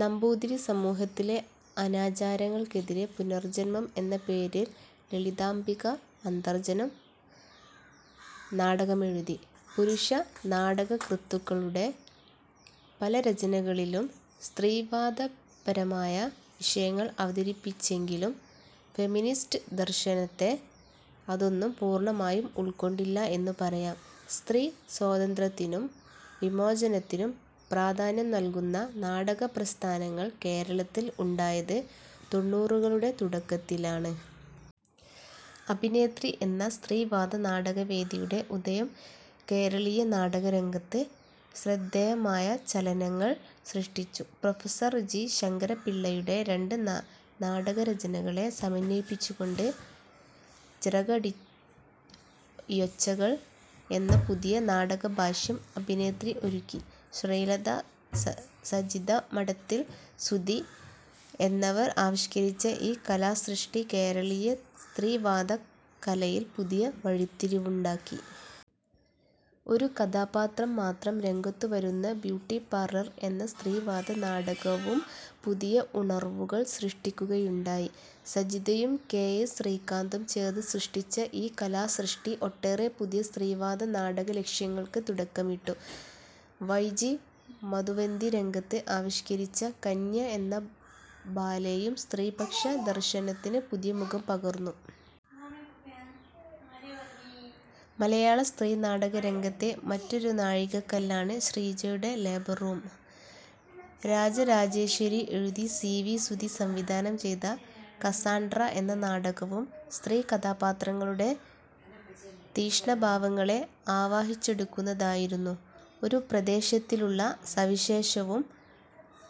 നമ്പൂതിരി സമൂഹത്തിലെ അനാചാരങ്ങൾക്കെതിരെ പുനർജന്മം എന്ന പേരിൽ ലളിതാംബിക അന്തർജനം നാടകമെഴുതി. പുരുഷ നാടകകൃത്തുക്കളുടെ പല രചനകളിലും സ്ത്രീവാദപരമായ വിഷയങ്ങൾ അവതരിപ്പിച്ചെങ്കിലും ഫെമിനിസ്റ്റ് ദർശനത്തെ അതൊന്നും പൂർണമായും ഉൾക്കൊണ്ടില്ല എന്ന് പറയാം. സ്ത്രീ സ്വാതന്ത്ര്യത്തിനും വിമോചനത്തിനും പ്രാധാന്യം നൽകുന്ന നാടകപ്രസ്ഥാനങ്ങൾ കേരളത്തിൽ ഉണ്ടായത് തൊണ്ണൂറുകളുടെ തുടക്കത്തിലാണ്. അഭിനേത്രി എന്ന സ്ത്രീവാദനാടകവേദിയുടെ ഉദയം കേരളീയ നാടകരംഗത്ത് ശ്രദ്ധേയമായ ചലനങ്ങൾ സൃഷ്ടിച്ചു. പ്രൊഫസർ ജി ശങ്കരപ്പിള്ളയുടെ രണ്ട് നാടകരചനകളെ സമന്വയിപ്പിച്ചുകൊണ്ട് ചിറകടിയൊച്ചകൾ എന്ന പുതിയ നാടകഭാഷ്യം അഭിനേത്രി ഒരുക്കി. ശ്രീലത, സജിത മഠത്തിൽ, സുധി എന്നിവർ ആവിഷ്കരിച്ച ഈ കലാസൃഷ്ടി കേരളീയ സ്ത്രീവാദ കലയിൽ പുതിയ വഴിത്തിരിവുണ്ടാക്കി. ഒരു കഥാപാത്രം മാത്രം രംഗത്തുവരുന്ന ബ്യൂട്ടിപാർലർ എന്ന സ്ത്രീവാദ നാടകവും പുതിയ ഉണർവുകൾ സൃഷ്ടിക്കുകയുണ്ടായി. സജിതയും കെ എസ് ശ്രീകാന്തും ചേർന്ന് സൃഷ്ടിച്ച ഈ കലാസൃഷ്ടി, ഒട്ടേറെ പുതിയ സ്ത്രീവാദ നാടകലക്ഷ്യങ്ങൾക്ക് തുടക്കമിട്ടു. വൈ ജി മധുവന്തി രംഗത്ത് ആവിഷ്കരിച്ച കന്യ എന്ന ബാലേയും സ്ത്രീപക്ഷ ദർശനത്തിന് പുതിയ മുഖം പകർന്നു. മലയാള സ്ത്രീനാടകരംഗത്തെ മറ്റൊരു നാഴികക്കല്ലാണ് ശ്രീജയുടെ ലേബർ റൂം. രാജരാജേശ്വരി എഴുതി സി വി സുധി സംവിധാനം ചെയ്ത കസാൻഡ്ര എന്ന നാടകവും സ്ത്രീകഥാപാത്രങ്ങളുടെ തീക്ഷ്ണഭാവങ്ങളെ ആവാഹിച്ചെടുക്കുന്നതായിരുന്നു. ഒരു പ്രദേശത്തിലുള്ള സവിശേഷവും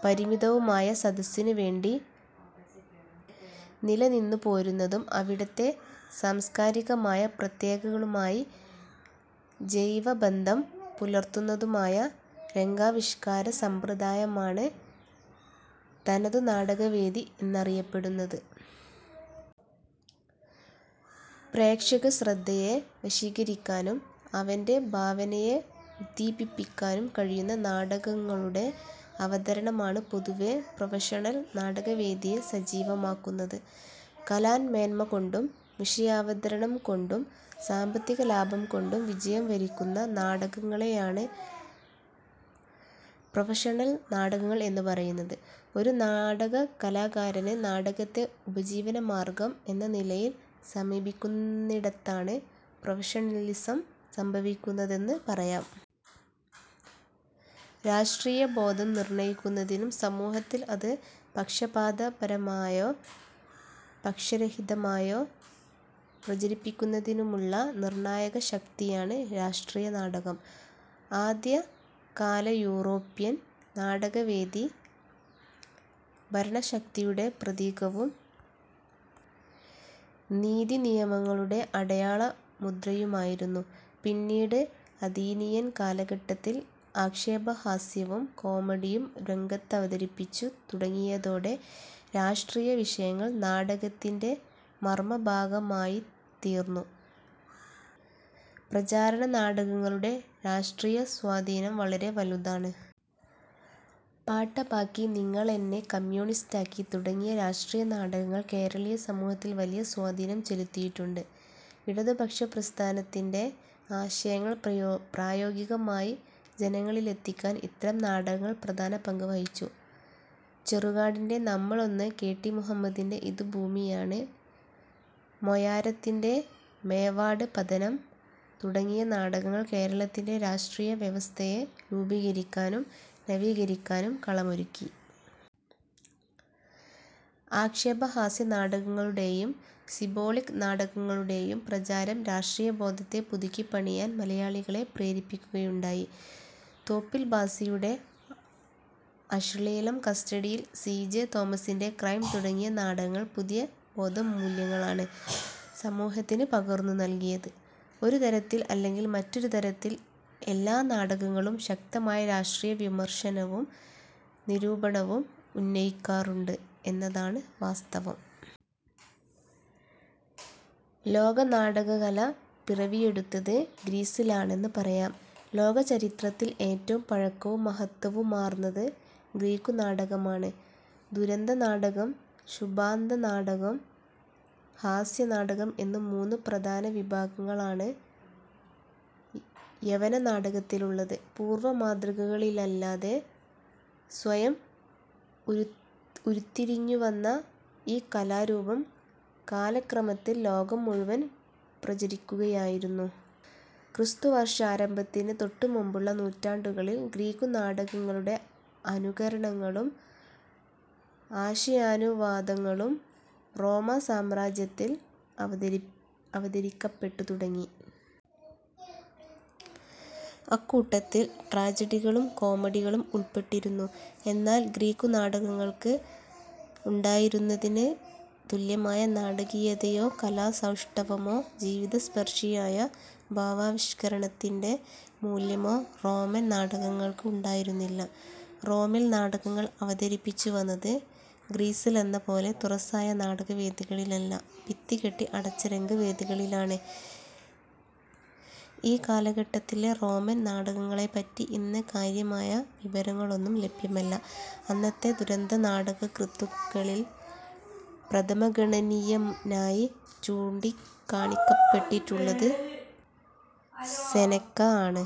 പരിമിതവുമായ സദസ്സിനു വേണ്ടി നിലനിന്നുപോരുന്നതും, അവിടത്തെ സാംസ്കാരികമായ പ്രത്യേകതകളുമായി ജൈവബന്ധം പുലർത്തുന്നതുമായ രംഗാവിഷ്കാര സമ്പ്രദായമാണ് തനതു നാടകവേദി എന്നറിയപ്പെടുന്നത്. പ്രേക്ഷകശ്രദ്ധയെ വശീകരിക്കാനും അവൻ്റെ ഭാവനയെ ഉദ്ദീപിപ്പിക്കാനും കഴിയുന്ന നാടകങ്ങളുടെ അവതരണമാണ് പൊതുവേ പ്രൊഫഷണൽ നാടകവേദിയെ സജീവമാക്കുന്നത്. കലാമേന്മ കൊണ്ടും വിഷയാവതരണം കൊണ്ടും സാമ്പത്തിക ലാഭം കൊണ്ടും വിജയം വരിക്കുന്ന നാടകങ്ങളെയാണ് പ്രൊഫഷണൽ നാടകങ്ങൾ എന്ന് പറയുന്നത്. ഒരു നാടകകലാകാരന് നാടകത്തെ ഉപജീവനമാർഗ്ഗം എന്ന നിലയിൽ സമീപിക്കുന്നിടത്താണ് പ്രൊഫഷണലിസം സംഭവിക്കുന്നതെന്ന് പറയാം. രാഷ്ട്രീയബോധം നിർണയിക്കുന്നതിനും സമൂഹത്തിൽ അത് പക്ഷപാതപരമായോ, പക്ഷരഹിതമായോ പ്രചരിപ്പിക്കുന്നതിനുമുള്ള നിർണായകശക്തിയാണ് രാഷ്ട്രീയ നാടകം. ആദ്യകാല യൂറോപ്യൻ നാടകവേദി ഭരണശക്തിയുടെ പ്രതീകവും നീതിനിയമങ്ങളുടെ അടയാളമുദ്രയുമായിരുന്നു. പിന്നീട്, അഥീനിയൻ കാലഘട്ടത്തിൽ ആക്ഷേപഹാസ്യവും കോമഡിയും രംഗത്തവതരിപ്പിച്ചു തുടങ്ങിയതോടെ, രാഷ്ട്രീയ വിഷയങ്ങൾ നാടകത്തിൻ്റെ മർമഭാഗമായിത്തീർന്നു. പ്രചാരണ നാടകങ്ങളുടെ രാഷ്ട്രീയ സ്വാധീനം വളരെ വലുതാണ്. പാട്ടബാക്കി, നിങ്ങളെന്നെ കമ്യൂണിസ്റ്റാക്കി തുടങ്ങിയ രാഷ്ട്രീയ നാടകങ്ങൾ കേരളീയ സമൂഹത്തിൽ വലിയ സ്വാധീനം ചെലുത്തിയിട്ടുണ്ട്. ഇടതുപക്ഷപ്രസ്ഥാനത്തിൻ്റെ ആശയങ്ങൾ പ്രായോഗികമായി ജനങ്ങളിലെത്തിക്കാൻ ഇത്തരം നാടകങ്ങൾ പ്രധാന പങ്ക് വഹിച്ചു. ചെറുകാടിൻ്റെ നമ്മളൊന്ന്, കെ ടി മുഹമ്മദിൻ്റെ ഇത് ഭൂമിയാണ്, മൊയാരത്തിൻ്റെ മേവാഡ് പതനം തുടങ്ങിയ നാടകങ്ങൾ കേരളത്തിൻ്റെ രാഷ്ട്രീയ വ്യവസ്ഥയെ രൂപീകരിക്കാനും നവീകരിക്കാനും കളമൊരുക്കി. ആക്ഷേപഹാസ്യ നാടകങ്ങളുടെയും സിമ്പോളിക് നാടകങ്ങളുടെയും പ്രചാരം രാഷ്ട്രീയബോധത്തെ പുതുക്കിപ്പണിയാൻ മലയാളികളെ പ്രേരിപ്പിക്കുകയുണ്ടായി. തോപ്പിൽഭാസിയുടെ അശ്ളീലം കസ്റ്റഡിയിൽ, സി ജെ തോമസിൻ്റെ ക്രൈം തുടങ്ങിയ നാടകങ്ങൾ പുതിയ ബോധമൂല്യങ്ങളാണ് സമൂഹത്തിന് പകർന്നു നൽകിയത്. ഒരുതരത്തിൽ അല്ലെങ്കിൽ മറ്റൊരു തരത്തിൽ എല്ലാ നാടകങ്ങളും ശക്തമായ രാഷ്ട്രീയ വിമർശനവും നിരൂപണവും ഉന്നയിക്കാറുണ്ട് എന്നതാണ് വാസ്തവം. ലോകനാടകകല പിറവിയെടുത്തത് ഗ്രീസിലാണെന്ന് പറയാം. ലോകചരിത്രത്തിൽ ഏറ്റവും പഴക്കവും മഹത്ത്വവുമാർന്നത് ഗ്രീക്കുനാടകമാണ്. ദുരന്തനാടകം, ശുഭാന്തനാടകം, ഹാസ്യനാടകം എന്ന് മൂന്നു പ്രധാന വിഭാഗങ്ങളാണ് യവന നാടകത്തിലുള്ളത്. പൂർവ മാതൃകകളില്ലാതെ സ്വയം ഉരുത്തിരിഞ്ഞുവന്ന ഈ കലാരൂപം കാലക്രമത്തിൽ ലോകം മുഴുവൻ പ്രചരിക്കുകയായിരുന്നു. ക്രിസ്തുവർഷാരംഭത്തിന് തൊട്ടുമുമ്പുള്ള നൂറ്റാണ്ടുകളിൽ ഗ്രീക്കുനാടകങ്ങളുടെ അനുകരണങ്ങളും ആശയാനുവാദങ്ങളും റോമാ സാമ്രാജ്യത്തിൽ അവതരിക്കപ്പെട്ടു തുടങ്ങി. അക്കൂട്ടത്തിൽ ട്രാജഡികളും കോമഡികളും ഉൾപ്പെട്ടിരുന്നു. എന്നാൽ ഗ്രീക്കുനാടകങ്ങൾക്ക് ഉണ്ടായിരുന്നതിന് തുല്യമായ നാടകീയതയോ കലാസൗഷ്ഠവമോ ജീവിതസ്പർശിയായ ഭാവാവിഷ്കരണത്തിൻ്റെ മൂല്യമോ റോമൻ നാടകങ്ങൾക്ക് ഉണ്ടായിരുന്നില്ല. റോമിൽ നാടകങ്ങൾ അവതരിപ്പിച്ചുവന്നത് ഗ്രീസിലെന്നപോലെ തുറസ്സായ നാടകവേദികളിലല്ല, ഭിത്തികെട്ടി അടച്ച രംഗവേദികളിലാണ്. ഈ കാലഘട്ടത്തിലെ റോമൻ നാടകങ്ങളെപ്പറ്റി ഇന്ന് കാര്യമായ വിവരങ്ങളൊന്നും ലഭ്യമല്ല. അന്നത്തെ ദുരന്ത നാടകകൃത്തുക്കളിൽ പ്രഥമഗണനീയനായി ചൂണ്ടിക്കാണിക്കപ്പെട്ടിട്ടുള്ളത് സെനെക്കാ ആണ്